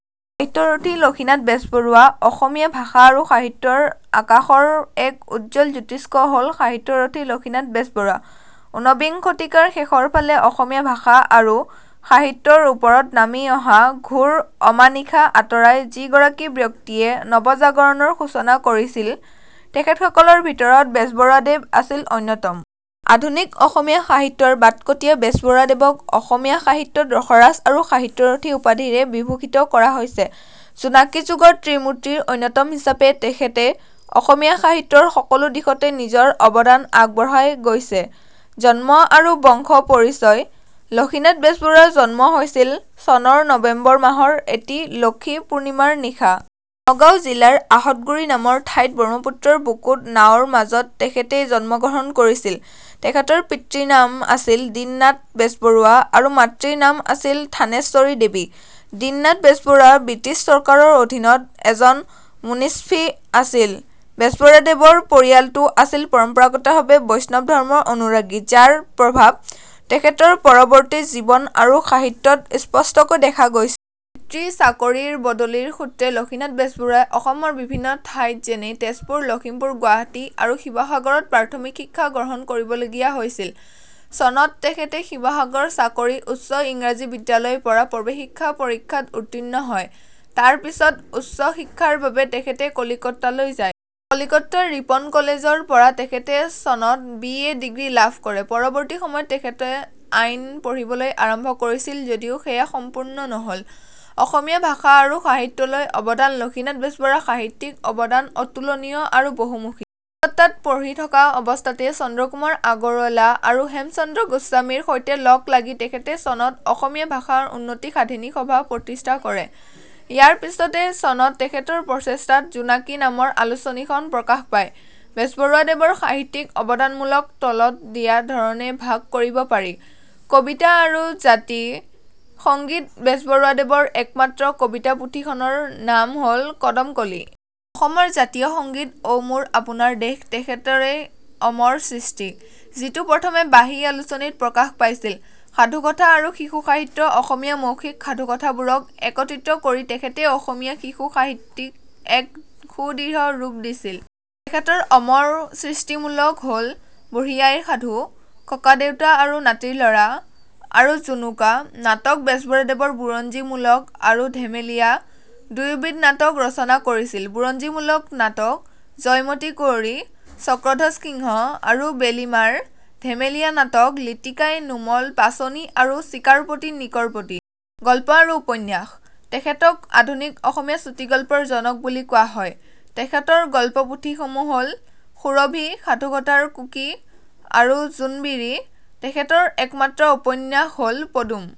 সাহিত্যৰথী লক্ষ্মীনাথ বেজবৰুৱা অসমীয়া ভাষা আৰু সাহিত্যৰ আকাশৰ এক উজ্জ্বল জ্যোতিষ্ক হ'ল সাহিত্যৰথী লক্ষ্মীনাথ বেজবৰুৱা। উনবিংশ শতিকাৰ শেষৰফালে অসমীয়া ভাষা আৰু সাহিত্যৰ ওপৰত নামি অহা ঘোৰ অমানিশা আঁতৰাই যিগৰাকী ব্যক্তিয়ে নৱজাগৰণৰ সূচনা কৰিছিল, তেখেতসকলৰ ভিতৰত বেজবৰুৱাদেৱ আছিল অন্যতম। আধুনিক অসমীয়া সাহিত্যৰ বাটকটীয়া বেজবৰুৱাদেৱক অসমীয়া সাহিত্যত 'ৰসৰাজ' আৰু 'সাহিত্যৰথী' উপাধিৰে বিভূষিত কৰা হৈছে। 'জোনাকী যুগ'ৰ ত্ৰিমূৰ্তিৰ অন্যতম হিচাপে তেখেতে অসমীয়া সাহিত্যৰ সকলো দিশতে নিজৰ অৱদান আগবঢ়াই গৈছে। জন্ম আৰু বংশ পৰিচয়: লক্ষ্মীনাথ বেজবৰুৱাৰ জন্ম হৈছিল চনৰ নৱেম্বৰ মাহৰ এটি লক্ষ্মী পূৰ্ণিমাৰ নিশা। নগাঁও জিলাৰ আঁহতগুৰি নামৰ ঠাইত ব্ৰহ্মপুত্ৰৰ বুকুত নাওৰ মাজত তেখেতে জন্মগ্ৰহণ কৰিছিল। তেখেতৰ পিতৃৰ নাম আছিল দীননাথ বেজবৰুৱা আৰু মাতৃৰ নাম আছিল ঠানেশ্বৰী দেৱী। দীননাথ বেজবৰুৱা বৃটিছ চৰকাৰৰ অধীনত এজন মুন্সিফ আছিল। বেজবৰুৱাদেৱৰ পৰিয়ালটো আছিল পৰম্পৰাগতভাৱে বৈষ্ণৱ ধৰ্মৰ অনুৰাগী, যাৰ প্ৰভাৱ তেখেতৰ পৰৱৰ্তী জীৱন আৰু সাহিত্যত স্পষ্টকৈ দেখা গৈছিল। পিতৃৰ চাকৰিৰ বদলিৰ সূত্ৰে লক্ষ্মীনাথ বেজবৰুৱাই অসমৰ বিভিন্ন ঠাইত যেনে- তেজপুৰ, লখিমপুৰ, গুৱাহাটী আৰু শিৱসাগৰত প্ৰাথমিক শিক্ষা গ্ৰহণ কৰিবলগীয়া হৈছিল। চনত তেখেতে শিৱসাগৰ চৰকাৰী উচ্চ ইংৰাজী বিদ্যালয়ৰ পৰা প্ৰৱেশিকা পৰীক্ষাত উত্তীৰ্ণ হয়। তাৰ পিছত উচ্চ শিক্ষাৰ বাবে তেখেত কলিকতালৈ যায়। কলিকতাৰ ৰিপন কলেজৰ পৰা তেখেতে চনত বি. এ. ডিগ্ৰী লাভ কৰে। পৰৱৰ্তী সময়ত তেখেতে আইন পঢ়িবলৈ আৰম্ভ কৰিছিল যদিও সেয়া সম্পূৰ্ণ নহ'ল। অসমীয়া ভাষা আৰু সাহিত্যলৈ অৱদান: লক্ষ্মীনাথ বেজবৰুৱাৰ সাহিত্যিক অৱদান অতুলনীয় আৰু বহুমুখী। কলিকতাত পঢ়ি থকা অৱস্থাতে চন্দ্ৰকুমাৰ আগৰৱালা আৰু হেমচন্দ্ৰ গোস্বামীৰ সৈতে লগ লাগি তেখেতে চনত 'অসমীয়া ভাষা উন্নতি সাধিনী সভা' প্ৰতিষ্ঠা কৰে। ইয়াৰ পিছতে চনত তেখেতসকলৰ প্ৰচেষ্টাত 'জোনাকী' নামৰ আলোচনীখন প্ৰকাশ পায়। বেজবৰুৱাদেৱৰ সাহিত্যিক অৱদানসমূহক তলত দিয়া ধৰণে ভাগ কৰিব পাৰি: কবিতা আৰু জাতীয় সংগীত: বেজবৰুৱাদেৱৰ একমাত্ৰ কবিতা পুথিখনৰ নাম হ'ল 'কদমকলি'। অসমৰ জাতীয় সংগীত "অ' মোৰ আপোনাৰ দেশ" তেখেতৰেই অমৰ সৃষ্টি, যিটো প্ৰথমে 'বাঁহী' আলোচনীত প্ৰকাশ পাইছিল। সাধুকথা আৰু শিশু সাহিত্য: অসমীয়া মৌখিক সাধুকথাবোৰক একত্ৰিত কৰি তেখেতে অসমীয়া শিশু সাহিত্যক এক সুদৃঢ় ৰূপ দিছিল। তেখেতৰ অমৰ সৃষ্টিসমূহ হ'ল— 'বুঢ়ী আইৰ সাধু', 'ককাদেউতা আৰু নাতিল'ৰা', আৰু 'জুনুকা'। নাটক: বেজবৰুৱাদেৱে বুৰঞ্জীমূলক আৰু ধেমেলীয়া— দুয়োবিধ নাটক ৰচনা কৰিছিল। বুৰঞ্জীমূলক নাটক: 'জয়মতী কুঁৱৰী', 'চক্ৰধ্বজ সিংহ' আৰু 'বেলিমাৰ'। ধেমেলীয়া নাটক: 'লিটিকাই', 'নুমল', 'পাচনি', আৰু 'চিকৰপতি নিকৰপতি'। গল্প আৰু উপন্যাস: তেখেতক আধুনিক অসমীয়া চুটিগল্পৰ জনক বুলি কোৱা হয়। তেখেতৰ গল্প পুথিসমূহ হ'ল— 'সুৰভি', 'সাধুকথাৰ কুঁকি', আৰু 'জোনবিৰি'। তেখেতৰ একমাত্ৰ উপন্যাসখন হ'ল 'পদুম